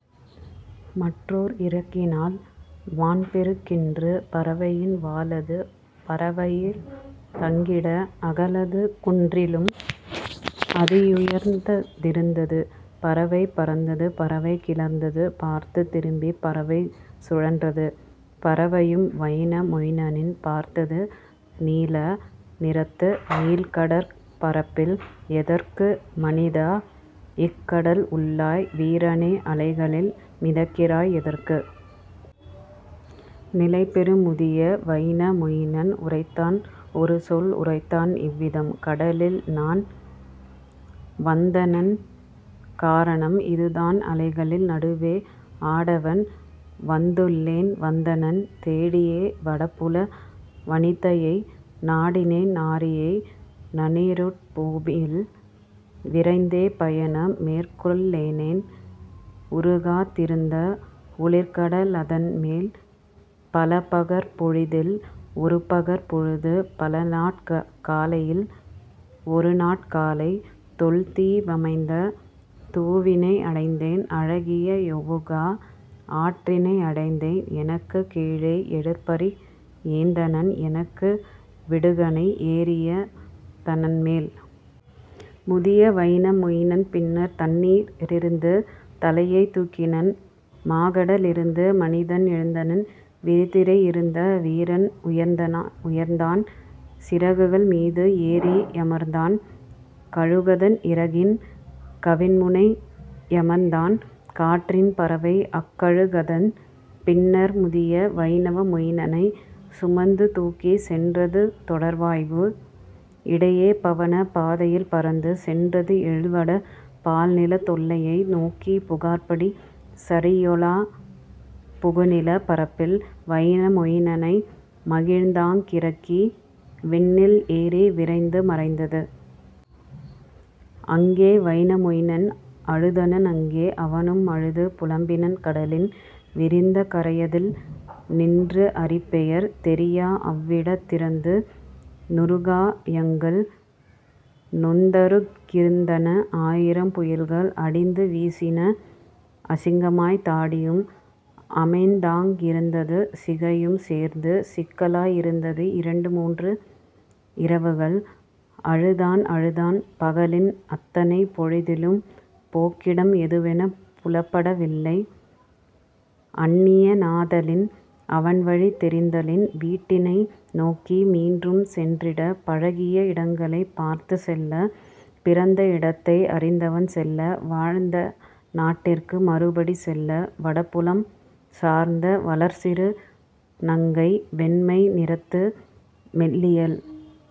மற்றோர் இறகினால் வான்பெருக் கென்று பறவையின் வாலது பரவையில் தங்கிட அகலது குன்றிலும் அதியுயர்ந்த திருந்தது. பறவை பறந்தது, பறவை கிளர்ந்தது பார்த்துத் திரும்பிப் பறவை சுழன்றது; பறவையும் வைனம் மொயினனின் பார்த்தது நீல நிறத்து நீள்கடற் பரப்பில்: "எதற்கு மனிதா இக்கடல் உள்ளாய் வீரனே அலைகளில் மிதக்கிறாய் எதற்கு? நிலைபெறும் முதிய வைனா மொயினன் உரைத்தான் ஒருசொல் உரைத்தான் இவ்விதம் கடலில்நான் வந்தனன் காரணம் இதுதான் அலைகளின் நடுவே ஆடவன் வந்துளேன் வந்தனன் தேடியே வடபுல வனிதையை நாடினேன் நாரியை நனியிருட் பூமியில். விரைந்தே பயணம் மேற்கொள் லேனேன் உருகா திருந்த ஒளிர்கட லதன்மேல் பலபகற் பொழுதில் ஒருபகற் பொழுது பலநாட் காலையில் ஒருநாட் காலை தொல்தீ வமைந்த தூவினை அடைந்தேன் அழகிய யொவுகா ஆற்றினை அடைந்தேன் எனக்குக் கீழே எழிற்பரி ஏந்தனன் எனக்கு விடுகணை ஏறிய தனன்மேல். முதிய வைன மொயினன் பின்னர் தண்ணீ ரிருந்து தலையைத் தூக்கினன் மாகட லிருந்து மனிதன் எழுந்தனன் விரிதிரை யிருந்த வீரன் உயர்ந்தான் சிறகுகள் மீது ஏறி யமர்ந்தான் கழுகதன் இறகின் கவின்முனை யமர்ந்தான். காற்றின் பறவைஅக் கழுகதன் பின்னர் முதிய வைனவம் மொயினனைச் சுமந்து தூக்கிச் சென்றது தொடர்வாய்வு இடையே பவனப் பாதையில் பறந்து சென்றது எழில்வட பால்நிலத் தெல்லையை நோக்கி புகார்படி சரியொலாப் புகுநிலப் பரப்பில்; வைன மொயினனை மகிழ்ந்தாங் கிறக்கி விண்ணில் ஏறி விரைந்து மறைந்தது. அங்கே வைன மொயினன் அழுதனன் அங்கே அவனும் அழுது புலம்பினன் கடலின் விரிந்த கரையதில் நின்று அறிபெயர் தெரியா அவ்விடத் திரந்து நுறுகா யங்கள் நொந்தரு கிருந்தன ஆயிரம் புயல்கள் அடிந்து வீசின அசிங்கமாய்த் தாடியும் அமைந்தாங் கிருந்தது சிகையும் சேர்ந்து சிக்கலாய் இருந்தது. இரண்டு மூன்று இரவுகள் அழுதான் அழுதான் பகலின் அத்தனை பொழுதிலும் போக்கிடம் எதுவெனப் புலப்பட வில்லை அன்னிய னாதலின் அவன்வழி தெரிந்திலன் வீட்டினை நோக்கி மீண்டும் சென்றிட பழகிய இடங்களைப் பார்த்துச் செல்ல பிறந்த இடத்தை அறிந்தவன் செல்ல வாழ்ந்தநாட் டிற்கு மறுபடி செல்ல. வடபுலம் சார்ந்த வளர்சிறு நங்கை வெண்மை நிறத்து மெல்லியள்